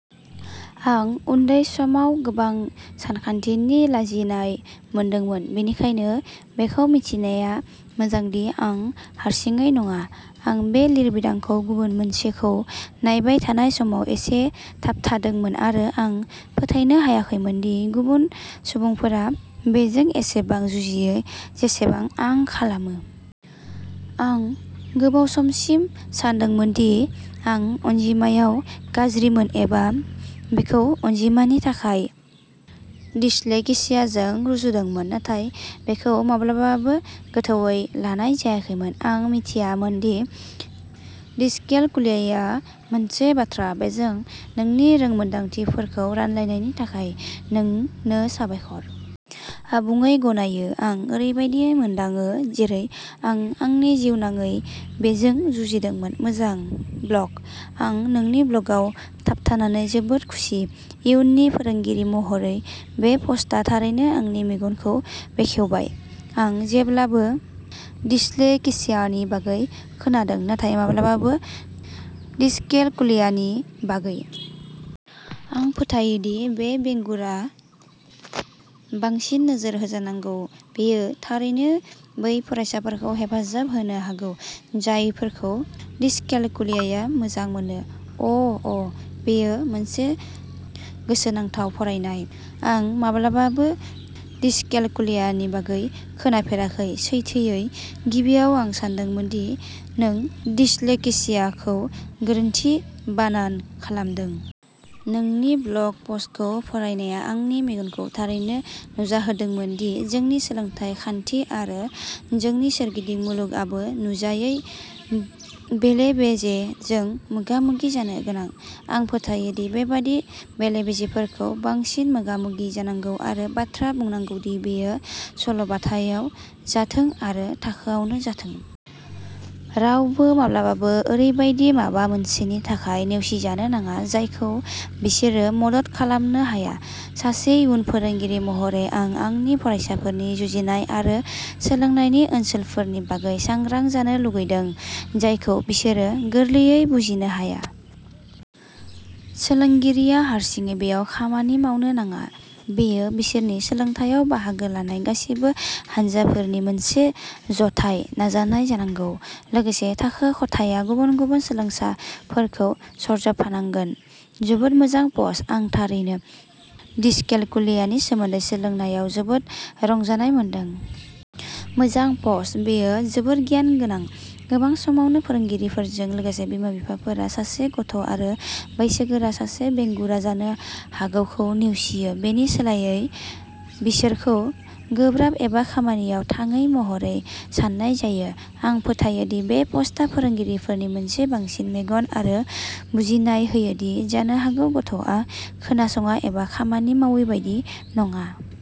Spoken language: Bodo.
आं उन्दै समाव गोबां सानखान्थिनि लाजिनाय मोनदोंमोन, बेनिखायनो बेखौ मिथिनाया मोजां दि आं हारसिङै नङा। आं बे लिरबिदांखौ गुबुन मोनसेखौ नायबाय थानाय समाव एसे थाबथादोंमोन-आरो आं फोथायनो हायाखैमोन दि गुबुन सुबुंफोरा बेजों एसेबां जुजियो जेसेबां आं खालामो। आं गोबाव समसिम सानदोंमोन दि आं अनजिमायाव गाज्रिमोन, एबा बेखौ अनजिमानि थाखाय डिस्लेक्सियाजों रुजुदोंमोन, नाथाय बेखौ माब्लाबाबो गोथौवै लानाय जायाखैमोन। आं मिथियामोन दि डिसकेलकुलियाया मोनसे बाथ्रा! बेजों नोंनि रोंमोनदांथिफोरखौ रानलायनायनि थाखाय नोंनो साबायखर! आबुङै गनायो। आं ओरैबायदि मोनदाङो जेरै आं आंनि जिउनाङै बेजों जुजिदोंमोन। मोजां ब्लग! आं नोंनि ब्लगआव थाबथानानै जोबोद खुसि। इयुननि फोरोंगिरि महरै, बे पस्टआ थारैनो आंनि मेगनखौ बेखेवबाय। आं जेब्लाबो डिस्लेक्सियानि बागै खोनादों, नाथाय माब्लाबाबो डिसकेलकुलियानि बागै। आं फोथायो दि बे बेंगुरा बांसिन नोजोर होजानांगौ, बेयो थारैनो बै फरायसाफोरखौ हेफाजाब होनो हागौ जायफोरखौ डिसकेलकुलियाया मोजां मोनो। अ'अ, बेयो मोनसे गोसोनांथाव फरायनाय। आं माब्लाबाबो डिसकेलकुलियानि बागै खोनाफेराखै, सैथोयै, गिबियाव, आं सानदोंमोन दि नों डिस्लेक्सियाखौ गोरोन्थि बानान खालामदों। नोंनि ब्लग पस्टखौ फरायनाया आंनि मेगनखौ थारैनो नुजाहोदोंमोन दि जोंनि सोलोंथाय खान्थि आरो जोंनि सोरगिदिं मुलुगआबो नुजायै बेले-बेजेजों मोगा-मोगि जानो गोनां। आं फोथायो दि बेबादि बेले-बेजेफोरखौ बांसिन मोगा-मोगि जानांगौ आरो बाथ्रा बुंनांगौ दि बेयो सल'बाथायाव जाथों आरो थाखोआवबो जाथों। रावबो माब्लाबाबो ओरैबायदि माबा मोनसेनि थाखाय नेवसिजानो नाङा जायखौ बिसोरो मदद खालामनो हाया। सासे इयुन फोरोंगिरि महरै, आं आंनि फरायसाफोरनि जुजिनाय आरो सोलोंनायनि ओनसोलफोरनि बागै सांग्रां जानो लुगैदों जायखौ बिसोरो गोरलैयै बुजिनो हाया। सोलोंगिरिया हारसिङै बेयाव खामानि मावनो नाङा, बेयो बिसोरनि सोलोंथायाव बाहागो लानाय गासिबो हानजाफोरनि मोनसे जथाय नाजानाय जानांगौ। लोगोसे, थाखो खथाया गुबुन-गुबुन सोलोंसाफोरखौ सरजाबफानांगोन। जोबोद मोजां पस्ट, आं थारैनो। डिसकेलकुलियानि सोमोन्दै सोलोंनायाव जोबोद रंजानाय मोनदों। मोजां पस्ट! बेयो जोबोद गियान गोनां। गोबां समावनो फोरोंगिरिफोरजों लोगोसे बिमा-बिफाफोरा सासे गथ'आरो ा बैसोगोरा सासे बेंगुरा जानो हागौखौ नेवसियो। बेनि सोलायै बिसोरखौ गोब्राब एबा खामानियाव थाङै महरै साननाय जायो, आं फोथायो दि बे पस्टआ फोरोंगिरिफोरनो मोनसे बांसिन मेगन आरो बुजिनाय होयो दि जानो हागौ गथ'आ खोनासङा एबा खामानि मावै बायदि नङा।